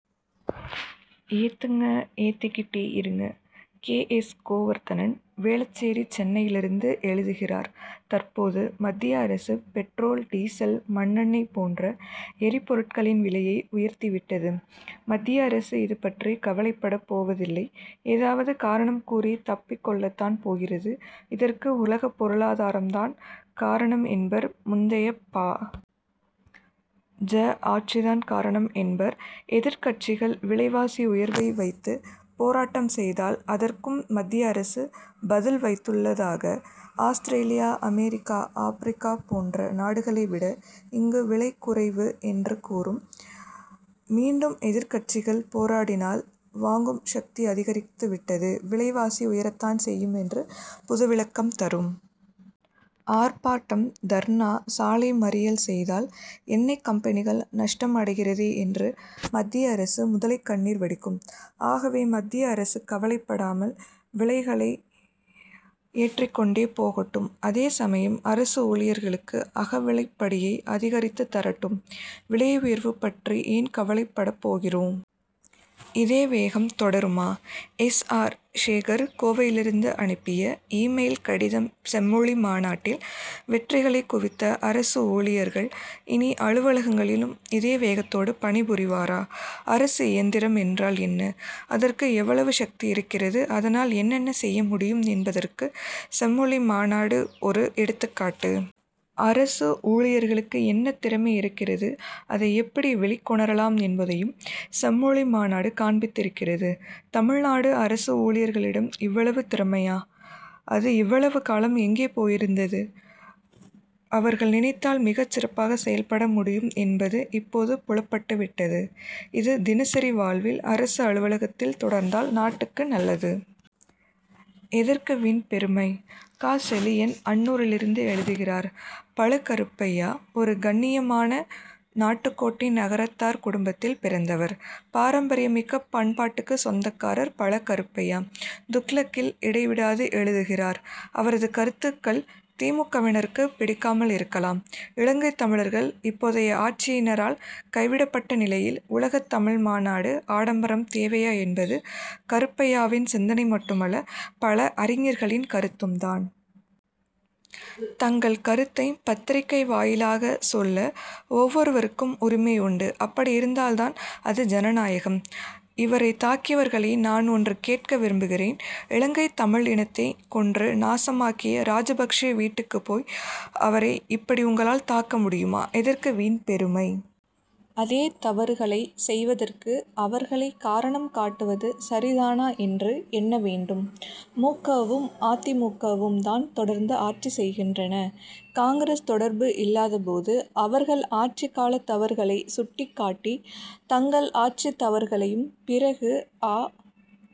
ஏத்துங்க, ஏத்திக்கிட்டே இருங்க K. S. Govardhanan, Velachery, சென்னையிலிருந்து எழுதுகிறார் தற்போது மத்திய அரசு, பெட்ரோல், டீசல், மண்ணெண்ணெய் போன்ற எரிபொருட்களின் விலையை உயர்த்திவிட்டது. மத்திய அரசு இதுபற்றி கவலைப்படப் போவதில்லை எதாவது காரணம் கூறி தப்பித்துக் கொள்ளத்தான் போகிறது. இதற்கு உலகப் பொருளாதாரம் தான் காரணம் என்பர் முந்தைய பா. ஜ., ஆட்சி தான் காரணம் என்பர். எதிர்க்கட்சிகள் விலைவாசி உயர்வை வைத்து போராட்டம் செய்தால், அதற்கும் மத்திய அரசு பதில் வைத்துள்ளது ஆஸ்திரேலியா, அமெரிக்கா, ஆப்ரிக்கா போன்ற நாடுகளைவிட, இங்கு விலை குறைவு என்று கூறும். மீண்டும் எதிர்க்கட்சிகள் போராடினால், வாங்கும் சக்தி அதிகரித்து விட்டது. விலைவாசி உயரத்தான் செய்யும் என்று புது விளக்கம் தரும். ஆர்ப்பாட்டம், தர்ணா, சாலை மறியல் செய்தால், எண்ணெய் கம்பெனிகள் நஷ்டம் அடைகிறதே என்று மத்திய அரசு முதலைக் கண்ணீர் வடிக்கும். ஆகவே, மத்திய அரசு கவலைப்படாமல் விலைகளை ஏற்றிக்கொண்டே போகட்டும். அதேசமயம், அரசு ஊழியர்களுக்கு அகவிலைப்படியை அதிகரித்துத் தரட்டும். விலை உயர்வு பற்றி ஏன் கவலைப்படப் போகிறோம். இதே வேகம் தொடருமா? எஸ். ஆர். சேகர், கோவையிலிருந்து அனுப்பிய, இ-மெயில் கடிதம் செம்மொழி மாநாட்டில் வெற்றிகளை குவித்த அரசு ஊழியர்கள், இனி அலுவலகங்களிலும் இதே வேகத்தோடு பணிபுரிவரா? அரசு இயந்திரம் என்றால் என்ன? அதற்கு எவ்வளவு சக்தி இருக்கிறதுஅதனால் என்னென்ன செய்ய முடியும் என்பதற்கு, செம்மொழி மாநாடு ஒரு எடுத்துக்காட்டு. அரசு ஊழியர்களுக்கு என்ன திறமை இருக்கிறது, அதை எப்படி வெளிக்கொணரலாம் என்பதையும், செம்மொழி மாநாடு காண்பித்திருக்கிறது. தமிழ்நாடு அரசு ஊழியர்களிடம் இவ்வளவு திறமையா? அது இவ்வளவு காலம் எங்கே போயிருந்தது? அவர்கள் நினைத்தால் மிகச் சிறப்பாக செயல்பட முடியும் என்பது இப்போது புலப்பட்டுவிட்டது. இது, தினசரி வாழ்வில், அரசு அலுவலகத்தில் தொடர்ந்தால் நாட்டுக்கு நல்லது! எதற்கு வீண் பெருமை! க. செழியன், அன்னூரிலிருந்து எழுதுகிறார் பழ. கருப்பையா, ஒரு கண்ணியமான நாட்டுக்கோட்டை நகரத்தார் குடும்பத்தில் பிறந்தவர். பாரம்பரியமிக்க பண்பாட்டுக்குச் சொந்தக்காரர். பழ. கருப்பையா, துக்ளக் கில் இடைவிடாது எழுதுகிறார். அவரது கருத்துக்கள், தி. மு. க.,வினருக்கு பிடிக்காமல் இருக்கலாம். இலங்கைத் தமிழர்கள் இப்போதைய ஆட்சியினரால் கைவிடப்பட்ட நிலையில், உலகத் தமிழ் மாநாடு ஆடம்பரம் தேவையா என்பது, கருப்பையாவின் சிந்தனை மட்டுமல்ல, பல அறிஞர்களின் கருத்தும் தான். தங்கள் கருத்தை பத்திரிகை வாயிலாக சொல்ல, ஒவ்வொருவருக்கும் உரிமை உண்டு. அப்படி இருந்தால் தான், அது, ஜனநாயகம். இவரை தாக்கியவர்களை, நான் ஒன்று கேட்க விரும்புகிறேன் இலங்கைத் தமிழ் இனத்தை கொன்று நாசமாக்கிய ராஜபக்ஷே வீட்டுக்கு போய், அவரை இப்படி உங்களால் தாக்க முடியுமா? எதற்கு வீண் பெருமை. அதே தவறுகளை செய்வதற்கு, அவர்களை காரணம் காட்டுவது சரி தானா என்று எண்ண வேண்டும். மு. க.,வும் அ. தி. மு. க., வும், தான் தொடர்ந்து ஆட்சி செய்கின்றன. காங்கிரஸ் தொடர்பு இல்லாத போது, அவர்கள் ஆட்சி கால தவறுகளை சுட்டிக் காட்டி, தங்கள் ஆட்சி தவறுகளையும், பிறகு அ.